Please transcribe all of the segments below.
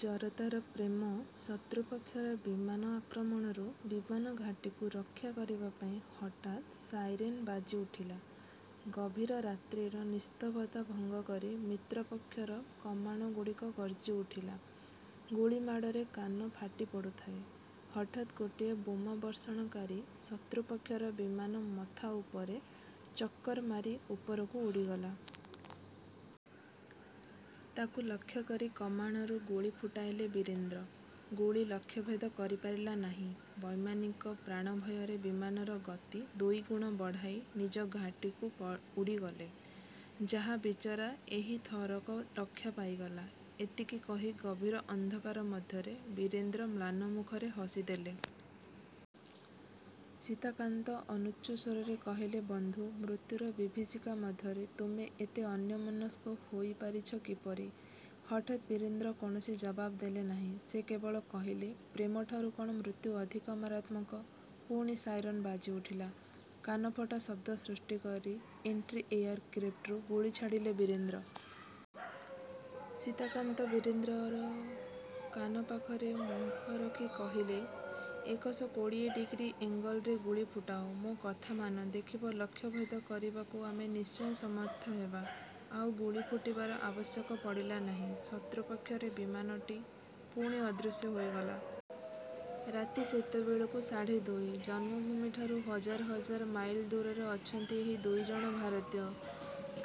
ଜରତାର ପ୍ରେମ ଶତ୍ରୁପକ୍ଷର ବିମାନ ଆକ୍ରମଣରୁ ବିମାନଘାଟୀକୁ ରକ୍ଷା କରିବାପାଇଁ ହଠାତ୍ ସାଇରେନ୍ ବାଜିଉଠିଲା। ଗଭୀର ରାତ୍ରିର ନିସ୍ତବ୍ଧତା ଭଙ୍ଗକରି ମିତ୍ର ପକ୍ଷର କମାଣଗୁଡ଼ିକ ଗର୍ଜିଉଠିଲେ। ଗୁଳିମାଡ଼ରେ କାନ ଫାଟିପଡ଼ୁଥାଏ। ହଠାତ୍ ଗୋଟିଏ ବୋମାବର୍ଷଣକାରୀ ଶତ୍ରୁପକ୍ଷର ବିମାନ ମଥା ଉପରେ ଚକ୍କର ମାରି ଉପରକୁ ଉଡ଼ିଗଲା। ତାକୁ ଲକ୍ଷ୍ୟକରି କମାଣରୁ ଗୁଳି ଫୁଟାଇଲେ ବୀରେନ୍ଦ୍ର। ଗୁଳି ଲକ୍ଷ୍ୟଭେଦ କରିପାରିଲା ନାହିଁ। ବୈମାନିକ ପ୍ରାଣଭୟରେ ବିମାନର ଗତି ଦୁଇଗୁଣ ବଢ଼ାଇ ନିଜ ଘାଟିକୁ ଉଡ଼ିଗଲେ। ''ଯାଃ, ବିଚରା ଏହି ଥରକ ରକ୍ଷା ପାଇଗଲା'' ଏତିକି କହି ଗଭୀର ଅନ୍ଧକାର ମଧ୍ୟରେ ବୀରେନ୍ଦ୍ର ମ୍ଳାନ ମୁଖରେ ହସିଦେଲେ। ସୀତାକାନ୍ତ ଅନୁଚ୍ଚ ସ୍ୱରରେ କହିଲେ ''ବନ୍ଧୁ! ମୃତ୍ୟୁର ବିଭୀଷିକା ମଧ୍ୟରେ ତୁମେ ଏତେ ଅନ୍ୟମନସ୍କ ହୋଇପାରିଛ କିପରି? '' ହଠାତ୍ ବୀରେନ୍ଦ୍ର କୌଣସି ଜବାବ୍ ଦେଲେନାହିଁ। ସେ କେବଳ କହିଲେ, ''ପ୍ରେମଠାରୁ କ'ଣ ମୃତ୍ୟୁ ଅଧିକ ମାରାତ୍ମକ? '' ପୁଣି ସାଇରନ୍ ବାଜିଉଠିଲା। କାନଫଟା ଶବ୍ଦ ସୃଷ୍ଟିକରି ଏଣ୍ଟ୍ରିଏୟାର କ୍ରେପ୍ଟରୁ ଗୁଳି ଛାଡ଼ିଲେ ବୀରେନ୍ଦ୍ର। ସୀତାକାନ୍ତ ବୀରେନ୍ଦ୍ରର କାନ ପାଖରେ ମୁହଁରଖି କହିଲେ, ''ଏକଶ କୋଡ଼ିଏ ଡିଗ୍ରୀ ଏଙ୍ଗେଲରେ ଗୁଳି ଫୁଟାଅ। ମୋ କଥା ମାନ, ଦେଖିବ ଲକ୍ଷ୍ୟ ଭେଦ କରିବାକୁ ଆମେ ନିଶ୍ଚୟ ସମର୍ଥ ହେବା। '' ଆଉ ଗୁଳି ଫୁଟାଇବାର ଆବଶ୍ୟକ ପଡ଼ିଲା ନାହିଁ। ଶତ୍ରୁପକ୍ଷର ବିମାନଟି ପୁଣି ଅଦୃଶ୍ୟ ହୋଇଗଲା। ରାତି ସେତେବେଳକୁ ସାଢ଼େ ଦୁଇ। ଜନ୍ମଭୂମିଠାରୁ ହଜାର ହଜାର ମାଇଲ ଦୂରରେ ଅଛନ୍ତି ଏହି ଦୁଇଜଣ ଭାରତୀୟ।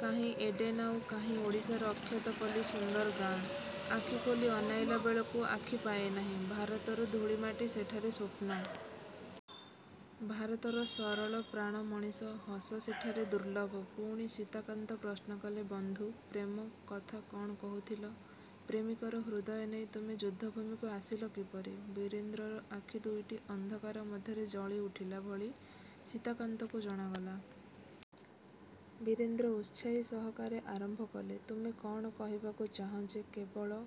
କାହିଁ ଏଡେନ୍ ଆଉ କାହିଁ ଓଡ଼ିଶାର ଅଖ୍ୟାତ ପଲ୍ଲୀ ସୁନ୍ଦର ଗାଁ। ଆଖି ଖୋଲି ଅନାଇଲା ବେଳକୁ ଆଖି ପାଏନାହିଁ। ଭାରତର ଧୂଳି ମାଟି ସେଠାରେ ସ୍ୱପ୍ନ। ଭାରତର ସରଳ ପ୍ରାଣ ମଣିଷର ହସ ସେଠାରେ ଦୁର୍ଲ୍ଲଭ। ପୁଣି ସୀତାକାନ୍ତ ପ୍ରଶ୍ନକଲେ ''ବନ୍ଧୁ! ପ୍ରେମ କଥା କ'ଣ କହୁଥିଲ? ପ୍ରେମିକର ହୃଦୟ ନେଇ ତୁମେ ଯୁଦ୍ଧଭୂମିକୁ ଆସିଲ କିପରି? '' ବୀରେନ୍ଦ୍ରର ଆଖି ଦୁଇଟି ଅନ୍ଧକାର ମଧ୍ୟରେ ଜଳି ଉଠିଲା ଭଳି ସୀତାକାନ୍ତକୁ ଜଣାଗଲା-। ବୀରେନ୍ଦ୍ର ଉତ୍ସାହୀ ସହକାରେ ଆରମ୍ଭକଲେ ''ତୁମେ କ'ଣ କହିବାକୁ ଚାହଁ ଯେ କେବଳ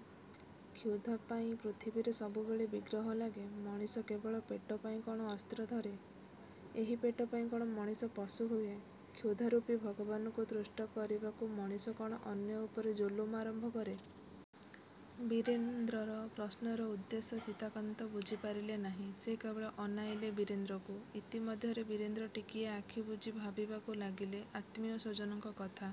କ୍ଷୁଧାପାଇଁ ପୃଥିବୀରେ ସବୁବେଳେ ବିଗ୍ରହ ଲାଗେ? ମଣିଷ କେବଳ ପେଟପାଇଁ କ'ଣ ଅସ୍ତ୍ର ଧରେ? ଏହି ପେଟପାଇଁ କ'ଣ ମଣିଷ ପଶୁ ହୁଏ? କ୍ଷୁଧାରୂପୀ ଭଗବାନଙ୍କୁ ତୁଷ୍ଟ କରିବାକୁ ମଣିଷ କ'ଣ ଅନ୍ୟ ଉପରେ ଜୁଲୁମ ଆରମ୍ଭ କରେ? '' ବୀରେନ୍ଦ୍ରର ପ୍ରଶ୍ନର ଉଦ୍ଦେଶ୍ୟ ସୀତାକାନ୍ତ ବୁଝିପାରିଲେ ନାହିଁ। ସେ କେବଳ ଅନାଇଲେ ବୀରେନ୍ଦ୍ରକୁ। ଇତିମଧ୍ୟରେ ବୀରେନ୍ଦ୍ର ଟିକିଏ ଆଖିବୁଜି ଭାବିବାକୁ ଲାଗିଲେ ଆତ୍ମୀୟ ସ୍ୱଜନଙ୍କ କଥା।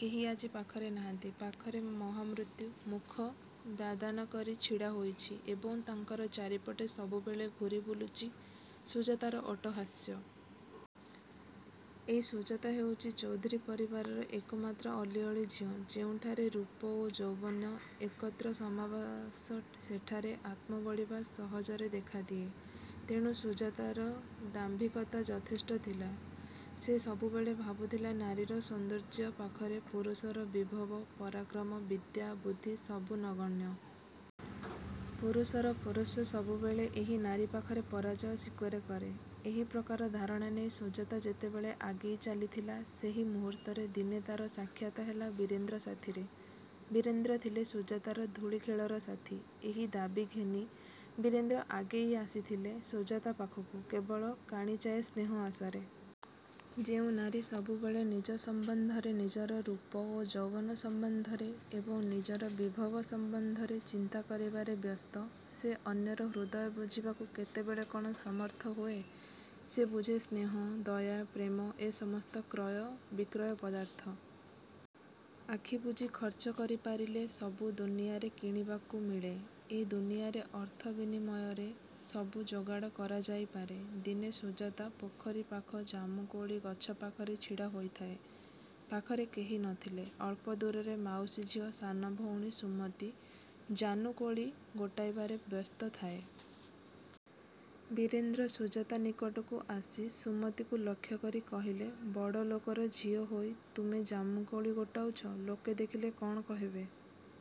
କେହି ଆଜି ପାଖରେ ନାହାନ୍ତି। ପାଖରେ ମହାମୃତ୍ୟୁ ମୁଖ ବ୍ୟାଦାନକରି ଛିଡ଼ାହୋଇଛି ଏବଂ ତାଙ୍କର ଚାରିପଟେ ସବୁବେଳେ ଘୂରିବୁଲୁଛି ସୁଜାତାର ଅଟ୍ଟହାସ। ଏହି ସୁଜାତା ହେଉଛି ଚୌଧୁରୀ ପରିବାରର ଏକମାତ୍ର ଅଲିଅଳି ଝିଅ। ଯେଉଁଠାରେ ରୂପ ଓ ଯୌବନ ଏକତ୍ର ସମାବେଶ ସେଠାରେ ଆତ୍ମବଡ଼ିମା ସହଜରେ ଦେଖାଦିଏ। ତେଣୁ ସୁଜାତାର ଦାମ୍ଭିକତା ଯଥେଷ୍ଟ ଥିଲା। ସେ ସବୁବେଳେ ଭାବୁଥିଲା ନାରୀର ସୌନ୍ଦର୍ଯ୍ୟ ପାଖରେ ପୁରୁଷର ବିଭବ, ପରାକ୍ରମ ବିଦ୍ୟା, ବୁଦ୍ଧି ସବୁ ନଗଣ୍ୟ। ପୁରୁଷର ପୌରଷ ସବୁବେଳେ ଏହି ନାରୀ ପାଖରେ ପରାଜୟ ସ୍ୱୀକାର କରେ। ଏହି ପ୍ରକାର ଧାରଣା ନେଇ ସୁଜାତା ଯେତେବେଳେ ଆଗେଇ ଚାଲିଥିଲା, ସେହି ମୁହୂର୍ତ୍ତରେ ଦିନେ ତା'ର ସାକ୍ଷାତ ହେଲା ବୀରେନ୍ଦ୍ର ସାଥୀରେ। ବୀରେନ୍ଦ୍ର ଥିଲେ ସୁଜାତାର ଧୂଳିଖେଳର ସାଥୀ। ଏହି ଦାବି ଘେନି ବୀରେନ୍ଦ୍ର ଆଗେଇ ଆସିଥିଲେ ସୁଜାତା ପାଖକୁ କେବଳ କାଣିଚାଏ ସ୍ନେହ ଆଶାରେ। ଯେଉଁ ନାରୀ ସବୁବେଳେ ନିଜ ସମ୍ୱନ୍ଧରେ, ନିଜର ରୂପ ଓ ଯୌବନ ସମ୍ୱନ୍ଧରେ ଏବଂ ନିଜର ବିଭବ ସମ୍ୱନ୍ଧରେ ଚିନ୍ତା କରିବାରେ ବ୍ୟସ୍ତ ସେ ଅନ୍ୟର ହୃଦୟ ବୁଝିବାକୁ କେତେବେଳେ କ'ଣ ସମର୍ଥ ହୁଏ? ସେ ବୁଝେ ସ୍ନେହ, ଦୟା, ପ୍ରେମ ଏ ସମସ୍ତ କ୍ରୟ ବିକ୍ରୟ ପଦାର୍ଥ। ଆଖିବୁଜି ଖର୍ଚ୍ଚ କରିପାରିଲେ ସବୁ ଦୁନିଆରେ କିଣିବାକୁ ମିଳେ। ଏ ଦୁନିଆରେ ଅର୍ଥ ବିନିମୟରେ ସବୁ ଯୋଗାଡ଼ କରାଯାଇପାରେ! ଦିନେ ସୁଜାତା ପୋଖରୀ ପାଖ ଜାମୁକୋଳି ଗଛ ପାଖରେ ଛିଡ଼ା ହୋଇଥାଏ। ପାଖରେ କେହି ନ ଥିଲେ। ଅଳ୍ପ ଦୂରରେ ମାଉସୀ ଝିଅ ସାନ ଭଉଣୀ ସୁମତୀ ଜାନୁକୋଳି ଗୋଟାଇବାରେ ବ୍ୟସ୍ତ ଥାଏ। ବୀରେନ୍ଦ୍ର ସୁଜାତା ନିକଟକୁ ଆସି ସୁମତୀକୁ ଲକ୍ଷ୍ୟକରି କହିଲେ, ''ବଡ଼ଲୋକର ଝିଅ ହୋଇ ତୁମେ ଜାମୁକୋଳି ଗୋଟାଉଛ? ଲୋକେ ଦେଖିଲେ କ'ଣ କହିବେ।